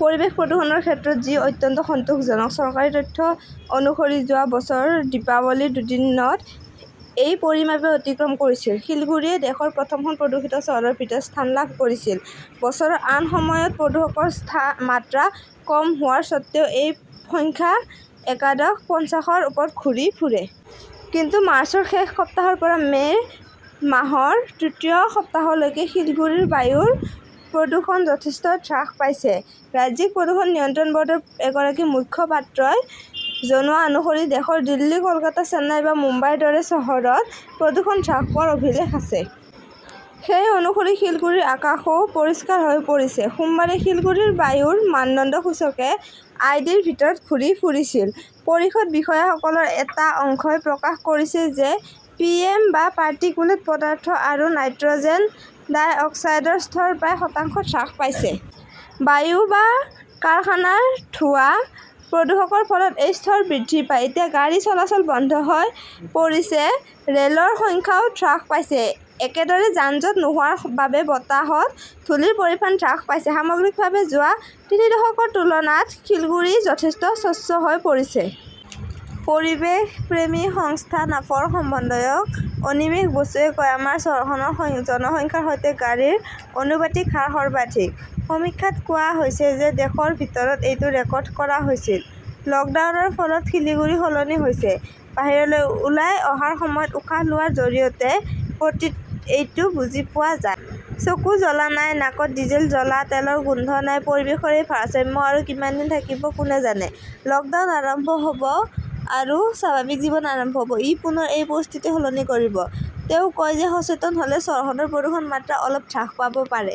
পৰিৱেশ প্ৰদূষণৰ ক্ষেত্ৰত যি অত্যন্ত সন্তোষজনক। চৰকাৰী তথ্য অনুসৰি যোৱা বছৰ দীপাৱলীৰ দুদিনত এই পৰিমাপে অতিক্ৰম কৰিছিল। শিলিগুৰীয়ে দেশৰ প্ৰথম খন প্ৰদূষিত চহৰৰ ভিতৰত স্থান লাভ কৰিছিল। বছৰৰ আন সময়ত প্ৰদূষণৰ স্থান মাত্ৰা কম হোৱাৰ স্বত্ত্বেও এই সংখ্যা একাদশ পঞ্চাশৰ ওপৰত ঘূৰি ফুৰে। কিন্তু মাৰ্চৰ শেষ সপ্তাহৰ পৰা মে 'মাহৰ তৃতীয় সপ্তাহলৈকে শিলিগুৰিৰ বায়ুৰ প্ৰদূষণ যথেষ্ট হ্ৰাস পাইছে। ৰাজ্যিক প্ৰদূষণ নিয়ন্ত্ৰণ বৰ্ডৰ এগৰাকী মুখপাত্ৰই জনোৱা অনুসৰি দেশৰ দিল্লী, কলকাতা, চেন্নাই বা মুম্বাইৰ দৰে চহৰত প্ৰদূষণ হ্ৰাস হোৱাৰ অভিলেখ আছে। সেই অনুসৰি শিলিগুৰিৰ আকাশও পৰিষ্কাৰ হৈ পৰিছে। সোমবাৰে শিলিগুৰিৰ বায়ুৰ মানদণ্ড সূচকে আই. ডি. ৰ ভিতৰত ঘূৰি ফুৰিছিল। পৰিষদৰ বিষয়াসকলৰ এটা অংশই প্ৰকাশ কৰিছে যে পিএম বা পাৰ্টিকুলেট পদাৰ্থ আৰু নাইট্ৰজেন ডাই অক্সাইডৰ স্তৰ প্ৰায় শতাংশ হ্ৰাস পাইছে। বায়ু বা কাৰখানাৰ ধোঁৱা, প্ৰদূষণৰ ফলত এই স্তৰ বৃদ্ধি পায়। এতিয়া গাড়ী চলাচল বন্ধ হৈ পৰিছে, ৰেলৰ সংখ্যাও হ্ৰাস পাইছে। একেদৰে, যান-জঁট নোহোৱাৰ বাবে বতাহত ধূলিৰ পৰিমাণ হ্ৰাস পাইছে। সামগ্ৰিকভাৱে, যোৱা তিনি দশকৰ তুলনাত শিলিগুৰি যথেষ্ট স্বচ্ছ হৈ পৰিছে। পৰিৱেশপ্ৰেমী সংস্থা নাফৰ সমন্বয়ক অনিমেশ বসুৱে কয়, আমাৰ চহৰখনৰ জনসংখ্যাৰ সৈতে গাড়ীৰ অনুপাতিক হাৰ সৰ্বাধিক। সমীক্ষাত কোৱা হৈছে যে দেশৰ ভিতৰত এইটো ৰেকৰ্ড কৰা হৈছিল। লকডাউনৰ ফলত শিলিগুৰি সলনি হৈছে। বাহিৰলৈ ওলাই অহাৰ সময়ত উশাহ লোৱাৰ জৰিয়তে প্ৰতি এইটো বুজি পোৱা যায়। চকু জ্বলা নাই, নাকত ডিজেল জ্বলা তেলৰ গোন্ধ নাই। পৰিৱেশৰ এই ভাৰসাম্য আৰু কিমান দিন থাকিব কোনে জানে! লকডাউন আৰম্ভ হব আৰু স্বাভাৱিক জীৱন আৰম্ভ হব। ই পুনৰ এই পৰিস্থিতি সলনি কৰিব। তেওঁ কয় যে সচেতন হলে চহৰখনৰ প্ৰদূষণৰ মাত্ৰা অলপ হ্ৰাস পাব পাৰে।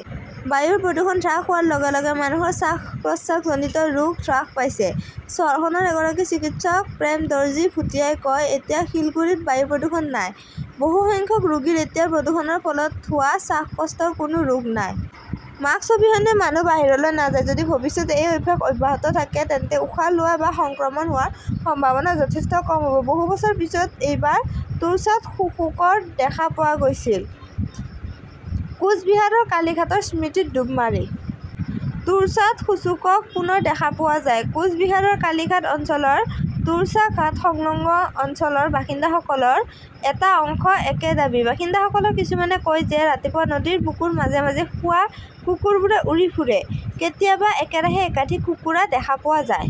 বায়ুৰ প্ৰদূষণ হ্ৰাস হোৱাৰ লগে লগে মানুহৰ শ্বাস-প্ৰশ্বাসজনিত ৰোগ হ্ৰাস পাইছে। চহৰখনৰ এগৰাকী চিকিৎসক প্ৰেম দৰ্জী ভূটিয়াই কয়, এতিয়া শিলিগুড়িত বায়ু প্ৰদূষণ নাই। বহু সংখ্যক ৰোগীৰ এতিয়া প্ৰদূষণৰ ফলত হোৱা শ্বাসকষ্টৰ কোনো ৰোগ নাই। মাস্ক অবিহনে মানুহ বাহিৰলৈ নাযায়। যদি ভৱিষ্যতে এই অভ্যাস অব্যাহত থাকে, তেন্তে উশাহ লোৱা বা সংক্ৰমণ হোৱাৰ সম্ভাৱনা যথেষ্ট কম হব। বহু বছৰৰ পিছত এইবাৰ তোৰ্চত শুকশুকক দেখা পোৱা গৈছিল, কোচ বিহাৰৰ কালিঘাটৰ স্মৃতিত ডুব মাৰি। তোৰ্চাত শুছুকক পুনৰ দেখা পোৱা যায়। কোচ বিহাৰৰ কালীঘাট অঞ্চলৰ তোৰছা ঘাট সংলগ্ন অঞ্চলৰ বাসিন্দাসকলৰ এটা অংশৰ একে দাবী। বাসিন্দাসকলৰ কিছুমানে কয় যে ৰাতিপুৱা নদীৰ বুকুৰ মাজে মাজে শুৱা কুকুৰবোৰ উৰি ফুৰে। কেতিয়াবা একেৰাহে একাধিক কুকুৰা দেখা পোৱা যায়।